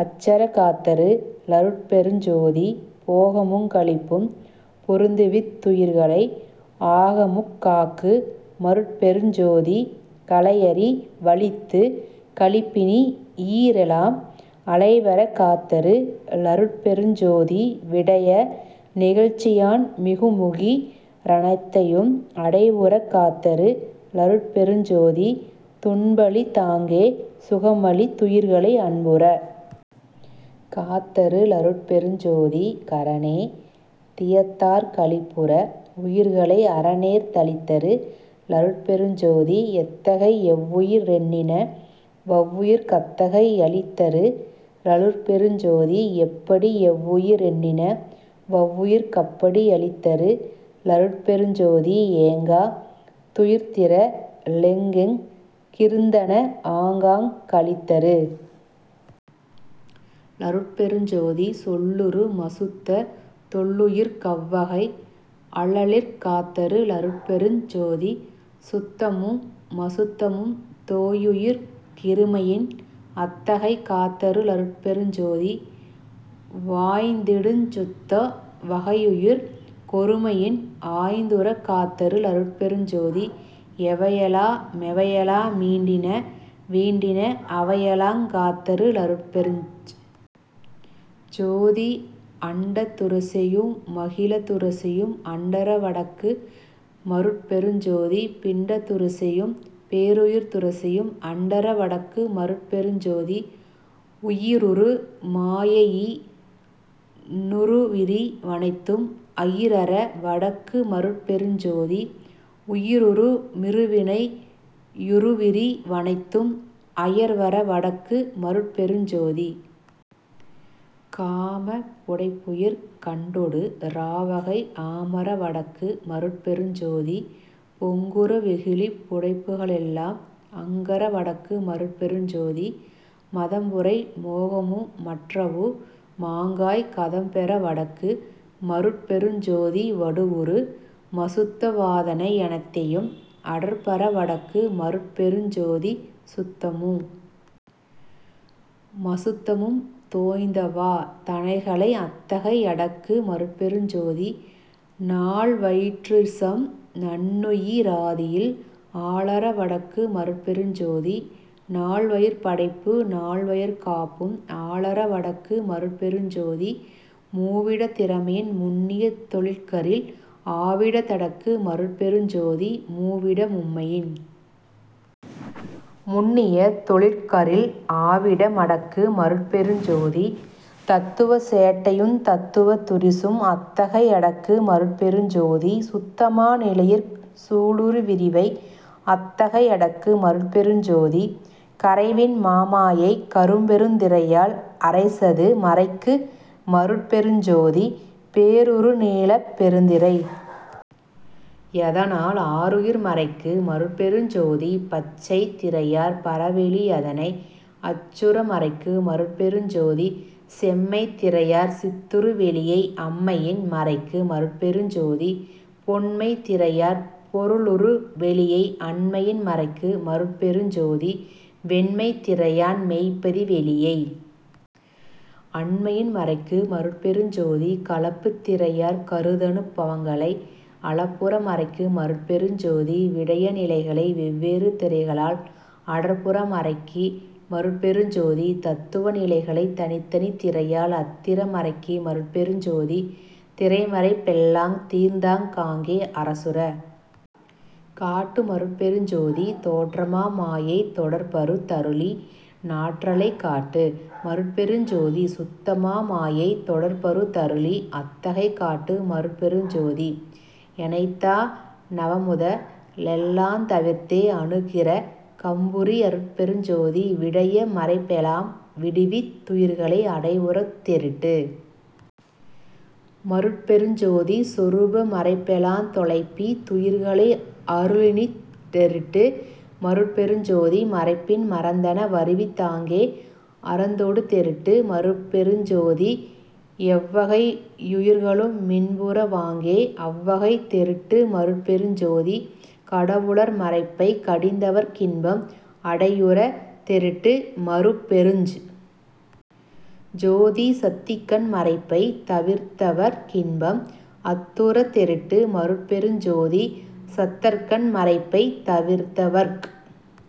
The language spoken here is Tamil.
அச்சறக் காத்தரு ளருட்பெருஞ் ஜோதி போகமுங் களிப்பும் பொருந்துவித் துயிர்களை ஆகமுட் காக்கு மருட்பெருஞ் ஜோதி கலையறி வளித்துக் களிப்பினி யிரெலாம் அலைவறக் காத்தரு ளருட்பெருஞ் ஜோதி விடய நிகழ்ச்சியான் மிகுமுயி ரனைத்தையும் அடைவுறக் காத்தரு ளருட்பெருஞ் ஜோதி துன்பளித் தாங்கே சுகமளித் துயிர்களை அன்புறக் காத்தரு ளருட்பெருஞ் ஜோதி கரணேந் தியத்தாற் களிப்புற வுயிர்களை அரணேர்ந் தளித்தரு ளருட்பெருஞ் ஜோதி எத்தகை யெவ்வுயி ரெண்ணின வவ்வுயிர்க் கத்தகை யளித்தரு ளருட்பெருஞ் ஜோதி எப்படி யெவ்வுயி ரெண்ணின வவ்வுயிர்க் கப்படி யளித்தரு ளருட்பெருஞ் ஜோதி ஏங்கா துயிர்த்திர ளெங்கெங் கிருந்தன ஆங்காங் களித்தரு ளருட்பெருஞ் ஜோதி சொல்லுறு மசுத்தத் தொல்லுயிர்க் கவ்வகை அல்லலிற் காத்தரு ளருட்பெருஞ் ஜோதி சுத்தமு மசுத்தமுந் தோயுயிர்க் கிருமையின் அத்தகை காத்தரு ளருட்பெருஞ் ஜோதி வாய்ந்திடுஞ் சுத்த வகையுயிர்க் கொருமையின் ஆய்ந்துறக் காத்தரு ளருட்பெருஞ் ஜோதி எவையெலா மெவையெலா மீண்டின வீண்டின அவையெலாங் காத்தரு ளருட்பெருஞ் ஜோ ஜோதி அண்டத் துரிசையு மகிலத் துரிசையும் அண்டற வடக்கு மருட்பெருஞ் ஜோதி பிண்டத் துரிசையும் பேருயிர்த் துரிசையும் அண்டற வடக்கு மருட்பெருஞ் ஜோதி உயிருறு மாயையி னுறுவிரி வனைத்தும் அயிரற வடக்கு மருட்பெருஞ் ஜோதி உயிருறு மிருவினை யுறுவிரி வனைத்தும் அயர்வற வடக்கு மருட்பெருஞ் ஜோதி காமப் புடைப்புயிர் கண்டொட ராவகை ஆமற வடக்கு மருட்பெருஞ் ஜோதி பொங்குற வெகுளிப் புடைப்புக ளெல்லாம் அங்கற வடக்கு மருட்பெருஞ் ஜோதி மதம்புரை மோகமு மற்றவு மாங்காய் கதம்பெற வடக்கு மருட்பெருஞ் ஜோதி வடுவுறு மசுத்த வாதனை யனைத்தையும் அடர்பற வடக்கு மருட்பெருஞ் ஜோதி சுத்தமு மசுத்தமுந் தோய்ந்தவா தனைகளை அத்தகை யடக்கு மருட்பெருஞ் ஜோதி நால்வயிற் றுரிசும் நண்ணுயி ராதியில் ஆலற வடக்கு மருட்பெருஞ் ஜோதி நால்வயிற் படைப்பு நால்வயிற் காப்பும் ஆலற வடக்கு மருட்பெருஞ் ஜோதி மூவிடத் திரமையின் முன்னிய தொழிற்கரில் ஆவிடத் தடக்கு மருட்பெருஞ் ஜோதி மூவிட மும்மையின் முன்னிய தொழிற்கரில் ஆவிட மடக்கு மருட்பெருஞ் ஜோதி தத்துவச் சேட்டையுந் தத்துவத் துரிசும் அத்தகை யடக்கு மருட்பெருஞ் ஜோதி சுத்தமா நிலையிற் சூழுறு விரிவை அத்தகை யடக்கு மருட்பெருஞ் ஜோதி கரைவின் மாமாயைக் கரும்பெருந் திரையால் அரைசது மறைக்கு மருட்பெருஞ் ஜோதி பேருறு நீலப் பெருந்திரை யதனால் ஆருயிர் மறைக்கு மருட்பெருஞ் ஜோதி பச்சைத் திரையாற் பரவெளி யதனை அச்சுற மறைக்கு மருட்பெருஞ் ஜோதி செம்மைத் திரையாற் சித்துறு வெளியை அம்மையின் மறைக்கு மருட்பெருஞ் ஜோதி பொன்மைத் திரையாற் பொருளுறு வெளியை அண்மையின் மறைக்கு மருட்பெருஞ் ஜோதி வெண்மைத் திரையான் மெய்ப்பதி வெளியை அண்மையின் மறைக்கு மருட்பெருஞ் ஜோதி கலப்புத் திறையாற் கருதனு பவங்களை அலப்புற மறைக்கு மருட்பெருஞ் ஜோதி விடய நிலைகளை வெவ்வேறு திரைகளால் அடர்புற மறைக்கு மருட்பெருஞ் ஜோதி தத்துவ நிலைகளைத் தனித்தனித் திரையால் அத்திற மறைக்கு மருட்பெருஞ் ஜோதி திரைமறைப் பெல்லாந் தீர்த்தாங் காங்கே அரசுறக் காட்டு மருட்பெருஞ் ஜோதி தோற்றமா மாயைத் தொடர்பறுத் தருளி னாற்றலைக் காட்டு மருட்பெருஞ் ஜோதி சுத்தமா மாயைத் தொடர்பறுத் தருளி அத்தகை காட்டு மருட்பெருஞ் ஜோதி எனைத்தா ணவமுத லெல்லாந் தவிர்த்தே அனுக்கிர கம்புரி யருட்பெருஞ் ஜோதி விடய மறைப்பெலாம் விடுவித் துயிர்களை அடைவுறத் தெருட்டு மருட்பெருஞ் ஜோதி சொருப மறைப்பெலாந் தொலைப்பித் துயிர்களை அருளினிற் றெருட்டு மருட்பெருஞ் ஜோதி மறைப்பின் மறந்தன வருவித் தாங்கே அறந்தொடு தெருட்டு மருட்பெருஞ் ஜோதி எவ்வகை யுயிர்களு மின்புற வாங்கே அவ்வகை தெருட்டு மருட்பெருஞ் ஜோதி கடவுளர் மறைப்பைக் கடிந்தவர்க் கின்பம் அடையுறத் தெருட்டு மருட்பெருஞ் ஜோதி சத்திகண் மறைப்பைத் தவிர்த்தவர்க் கின்பம் அத்துறத் தெருட்டு மருட்பெருஞ் ஜோதி சத்தர்கண் மறைப்பைத் தவிர்த்தவர்க்